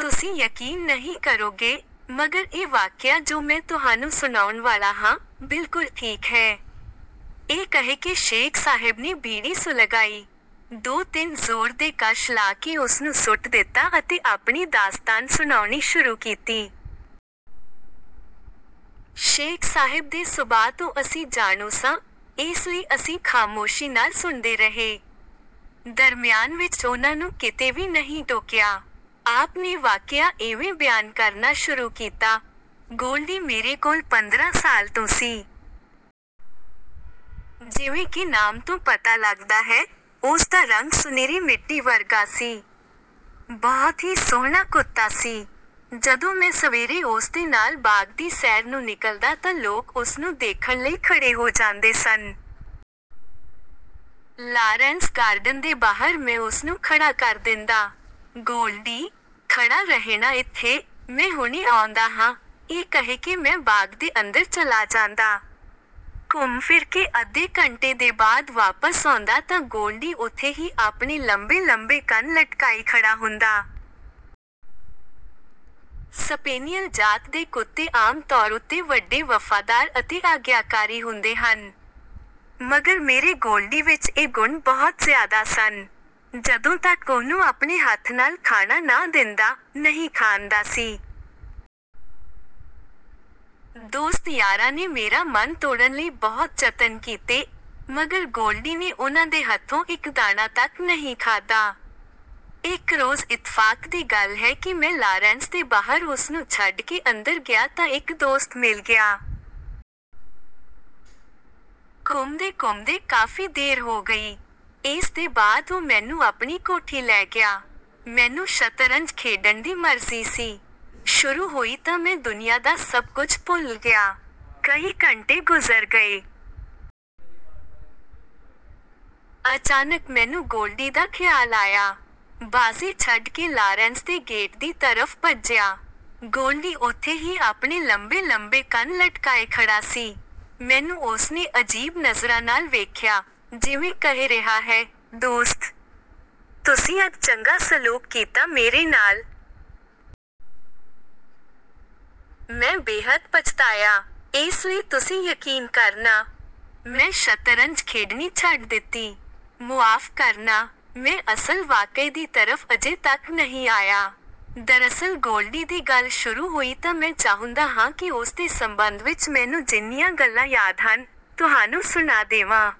ਤੁਸੀਂ ਯਕੀਨ ਨਹੀਂ ਕਰੋਗੇ। ਮਗਰ ਇਹ ਵਾਕਿਆ ਜੋ ਮੈਂ ਤੁਹਾਨੂੰ ਸੁਣਾਉਣ ਵਾਲਾ ਹਾਂ, ਬਿਲਕੁਲ ਠੀਕ ਹੈ। ਇਹ ਕਹਿ ਕੇ ਸ਼ੇਖ ਸਾਹਿਬ ਨੇ ਬੀੜੀ ਸੁਲਗਾਈ। ਦੋ ਤਿੰਨ ਜ਼ੋਰ ਦੇ ਕਸ਼ ਲਾ ਕੇ ਉਸਨੂੰ ਸੁੱਟ ਦਿੱਤਾ ਅਤੇ ਆਪਣੀ ਦਾਸਤਾਨ ਸੁਣਾਉਣੀ ਸ਼ੁਰੂ ਕੀਤੀ। ਸ਼ੇਖ ਸਾਹਿਬ ਦੇ ਸੁਭਾਅ ਤੋਂ ਅਸੀਂ ਜਾਣੂ ਸਾਂ, ਇਸ ਲਈ ਅਸੀਂ ਖ਼ਾਮੋਸ਼ੀ ਨਾਲ ਸੁਣਦੇ ਰਹੇ। ਦਰਮਿਆਨ ਵਿੱਚ ਉਨ੍ਹਾਂ ਨੂੰ ਕਿਤੇ ਵੀ ਨਹੀਂ ਟੋਕਿਆ। ਆਪ ਨੇ ਵਾਕਿਆ ਇਵੇਂ ਬਿਆਨ ਕਰਨਾ ਸ਼ੁਰੂ ਕੀਤਾ: "ਗੋਲਡੀ ਮੇਰੇ ਕੋਲ ਪੰਦਰਾਂ ਸਾਲ ਤੋਂ ਸੀ। ਜਿਵੇਂ ਕਿ ਨਾਮ ਤੋਂ ਪਤਾ ਲੱਗਦਾ ਹੈ, ਉਸ ਦਾ ਰੰਗ ਸੁਨਹਿਰੀ ਮਿੱਟੀ ਵਰਗਾ ਸੀ। ਬਹੁਤ ਹੀ ਸੋਹਣਾ ਕੁੱਤਾ ਸੀ। ਜਦੋਂ ਮੈਂ ਸਵੇਰੇ ਉਸ ਦੇ ਨਾਲ ਬਾਗ ਦੀ ਸੈਰ ਨੂੰ ਨਿਕਲਦਾ ਤਾਂ ਲੋਕ ਉਸਨੂੰ ਦੇਖਣ ਲਈ ਖੜੇ ਹੋ ਜਾਂਦੇ ਸਨ। ਲਾਰੈਂਸ ਗਾਰਡਨ ਦੇ ਬਾਹਰ ਮੈਂ ਉਸਨੂੰ ਖੜਾ ਕਰ ਦਿੰਦਾ। "ਗੋਲਡੀ, ਖੜਾ ਰਹਿਣਾ ਇੱਥੇ। ਮੈਂ ਹੁਣੇ ਆਉਂਦਾ ਹਾਂ।" ਇਹ ਕਹਿ ਕੇ ਮੈਂ ਬਾਗ ਦੇ ਅੰਦਰ ਚਲਾ ਜਾਂਦਾ। ਘੁੰਮ ਫਿਰ ਕੇ ਅੱਧੇ ਘੰਟੇ ਦੇ ਬਾਅਦ ਵਾਪਸ ਆਉਂਦਾ ਤਾਂ ਗੋਲਡੀ ਉਥੇ ਹੀ ਆਪਣੇ ਲੰਬੇ ਲੰਬੇ ਕੰਨ ਲਟਕਾਈ ਖੜਾ ਹੁੰਦਾ। ਸਪੇਨੀਅਲ ਜਾਤ ਦੇ ਕੁੱਤੇ ਆਮ ਤੌਰ ਉੱਤੇ ਵੱਡੇ ਵਫ਼ਾਦਾਰ ਅਤੇ ਆਗਿਆਕਾਰੀ ਹੁੰਦੇ ਹਨ। ਮਗਰ ਮੇਰੇ ਗੋਲਡੀ ਵਿੱਚ ਇਹ ਗੁਣ ਬਹੁਤ ਜ਼ਿਆਦਾ ਸਨ। ਜਦੋਂ ਤੱਕ ਉਹਨੂੰ ਆਪਣੇ ਹੱਥ ਨਾਲ ਖਾਣਾ ਨਾ ਦਿੰਦਾ, ਨਹੀਂ ਖਾਂਦਾ ਸੀ। ਦੋਸਤ ਯਾਰਾਂ ਨੇ ਮੇਰਾ ਮਨ ਤੋੜਨ ਲਈ ਬਹੁਤ ਜਤਨ ਕੀਤੇ, ਮਗਰ ਗੋਲਡੀ ਨੇ ਉਨ੍ਹਾਂ ਦੇ ਹੱਥੋਂ ਇੱਕ ਦਾਣਾ ਤੱਕ ਨਹੀਂ ਖਾਧਾ। ਇੱਕ ਰੋਜ਼ ਇਤਫ਼ਾਕ ਦੀ ਗੱਲ ਹੈ ਕਿ ਮੈਂ ਲਾਰੈਂਸ ਦੇ ਬਾਹਰ ਉਸਨੂੰ ਛੱਡ ਕੇ ਅੰਦਰ ਗਿਆ ਤਾਂ ਇੱਕ ਦੋਸਤ ਮਿਲ ਗਿਆ। ਘੁੰਮਦੇ ਘੁੰਮਦੇ ਕਾਫ਼ੀ ਦੇਰ ਹੋ ਗਈ। ਇਸ ਦੇ ਬਾਅਦ ਉਹ ਮੈਨੂੰ ਆਪਣੀ ਕੋਠੀ ਲੈ ਗਿਆ। ਮੈਨੂੰ ਸ਼ਤਰੰਜ ਖੇਡਣ ਦੀ ਮਰਜ਼ੀ ਸੀ। ਸ਼ੁਰੂ ਹੋਈ ਤਾਂ ਮੈਂ ਦੁਨੀਆ ਦਾ ਸਭ ਕੁਝ ਭੁੱਲ ਗਿਆ। ਕਈ ਘੰਟੇ ਗੁਜ਼ਰ ਗਏ। ਅਚਾਨਕ ਮੈਨੂੰ ਗੋਲਡੀ ਦਾ ਖ਼ਿਆਲ ਆਇਆ। ਬਾਜ਼ੀ ਛੱਡ ਕੇ ਲਾਰੈਂਸ ਦੇ ਗੇਟ ਦੀ ਤਰਫ਼ ਭੱਜਿਆ। ਗੋਲਡੀ ਉਥੇ ਹੀ ਆਪਣੇ ਲੰਬੇ ਲੰਬੇ ਕੰਨ ਲਟਕਾਏ ਖੜਾ ਸੀ। ਮੈਨੂੰ ਉਸ ਨੇ ਅਜੀਬ ਨਜ਼ਰਾਂ ਨਾਲ ਵੇਖਿਆ, ਜਿਵੇਂ ਕਹਿ ਰਿਹਾ ਹੈ, "ਦੋਸਤ, ਤੁਸੀਂ ਅੱਜ ਚੰਗਾ ਸਲੂਕ ਕੀਤਾ ਮੇਰੇ ਨਾਲ!" ਮੈਂ ਬੇਹੱਦ ਪਛਤਾਇਆ। ਇਸ ਲਈ ਤੁਸੀਂ ਯਕੀਨ ਕਰਨਾ, ਮੈਂ ਸ਼ਤਰੰਜ ਖੇਡਣੀ ਛੱਡ ਦਿੱਤੀ। ਮੁਆਫ਼ ਕਰਨਾ। ਮੈਂ ਅਸਲ ਵਾਕਏ ਦੀ ਤਰਫ਼ ਅਜੇ ਤੱਕ ਨਹੀਂ ਆਇਆ। ਦਰਅਸਲ ਗੋਲਡੀ ਦੀ ਗੱਲ ਸ਼ੁਰੂ ਹੋਈ ਤਾਂ ਮੈਂ ਚਾਹੁੰਦਾ ਹਾਂ ਕਿ ਉਸਦੇ ਸੰਬੰਧ ਵਿੱਚ ਮੈਨੂੰ ਜਿੰਨੀਆਂ ਗੱਲਾਂ ਯਾਦ ਹਨ, ਤੁਹਾਨੂੰ ਸੁਣਾ ਦੇਵਾਂ।